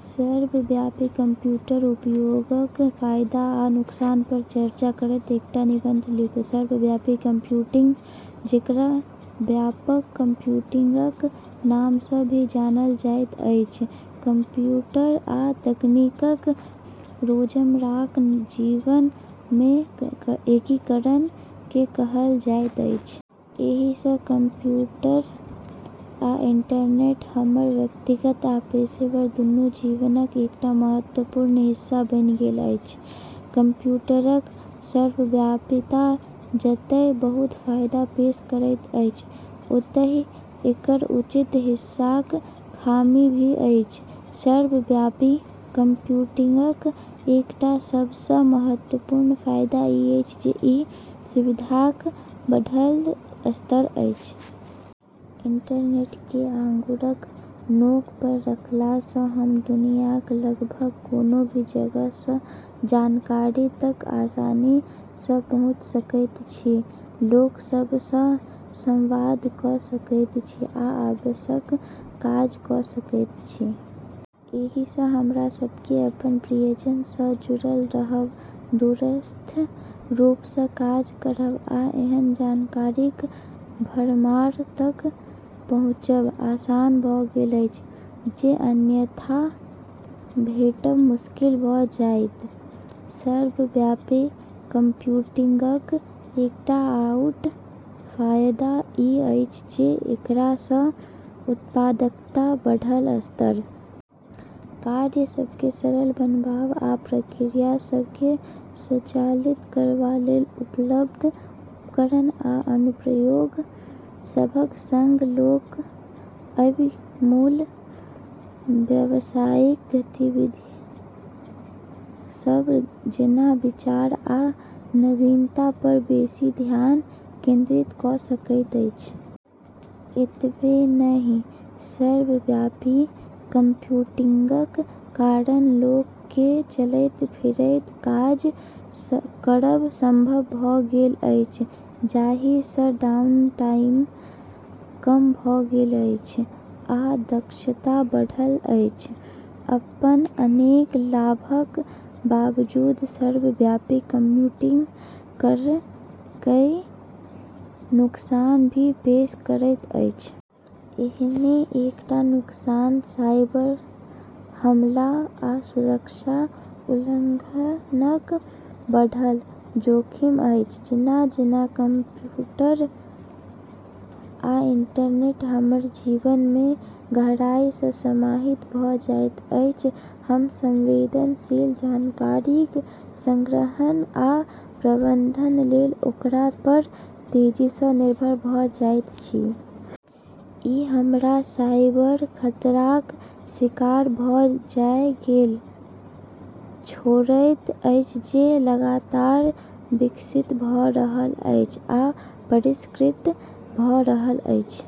सर्वव्यापी कम्प्यूटर उपयोगक फायदा आ नुकसान पर चर्चा करैत एकटा निबंध लिखू सर्वव्यापी कंप्यूटिंग, जेकरा व्यापक कंप्यूटिंगक नाम सँ भी जानल जाइत अछि, कंप्यूटर आ तकनीकक रोजमर्राक जीवन मे एकीकरण केँ कहल जाइत अछि। एहि सँ कंप्यूटर आ इंटरनेट हमर व्यक्तिगत आ पेशेवर दुनू जीवनक एकटा महत्वपूर्ण हिस्सा बनि गेल अछि। कम्प्यूटरक सर्वव्यापीता जतए बहुत फायदा पेश करैत अछि, ओतहि एकर उचित हिस्साक खामी भी अछि। सर्वव्यापी कंप्यूटिंगक एकटा सब सँ महत्वपूर्ण फायदा ई अछि जे ई सुविधाक बढ़ल स्तर अछि। इंटरनेट केँ आँगुरक नोक पर रखला सँ हम दुनियाक लगभग कोनो भी जगह सँ जानकारी तक आसानी सँ पहुँची सकैत छी, लोक सभ सँ संवाद कऽ सकैत छी, आ आवश्यक काज कऽ सकैत छी। एहि सँ हमरा सभ केँ अपन प्रियजन सँ जुड़ल रहब, दूरस्थ रूप सँ काज करब, आ एहन जानकारीक भरमार तक पहुँचब आसान भऽ गेल अछि जे अन्यथा भेटब मुश्किल भऽ जाइत। सर्वव्यापी कंप्यूटिंगक एकटा आउर फायदा ई अछि जे एकरा सँ उत्पादकताक बढ़ल स्तर। कार्य सभ केँ सरल बनाबबा आ प्रक्रिया सभ केँ स्वचालित करबा लेल उपलब्ध उपकरण आ अनुप्रयोग सभक सँग, लोक अबि मूल व्यवसायिक गतिविध सभ, जेना विचार आ नवीनता पर बेसि ध्यान केंद्रित कऽ सकैत अछि। एतबे नहि, सर्वव्यापी कंप्यूटिंगक कारण लोक केँ चलैत-फिरैत काज करब संभव भऽ गेल अछि, जाहि सँ डाउनटाइम कम भऽ गेल अछि आ दक्षता बढ़ल अछि। अपन अनेक लाभक बावजूद सर्वव्यापी कंप्यूटिंग केरऽ कई नुकसान भी पेश करैत अछि। एहने एकटा नुकसान साइबर-हमला आ सुरक्षा उल्लंघनक बढ़ल जोखिम अछि। जेना-जेना कंप्यूटर आ इंटरनेट हमर जीवन मे गहराई सँ समाहित भऽ जाइत अछि, हम संवेदनशील जानकारीक संग्रहण आ प्रबंधन लेल ओकरा पर तेजी सँ निर्भर भऽ जाइत छी। ई हमरा साइबर खतराक शिकार भऽ जाए लेल छोड़ैत अछि, जे लगातार विकसित भऽ रहल अछि आ परिष्कृत भऽ रहल अछि।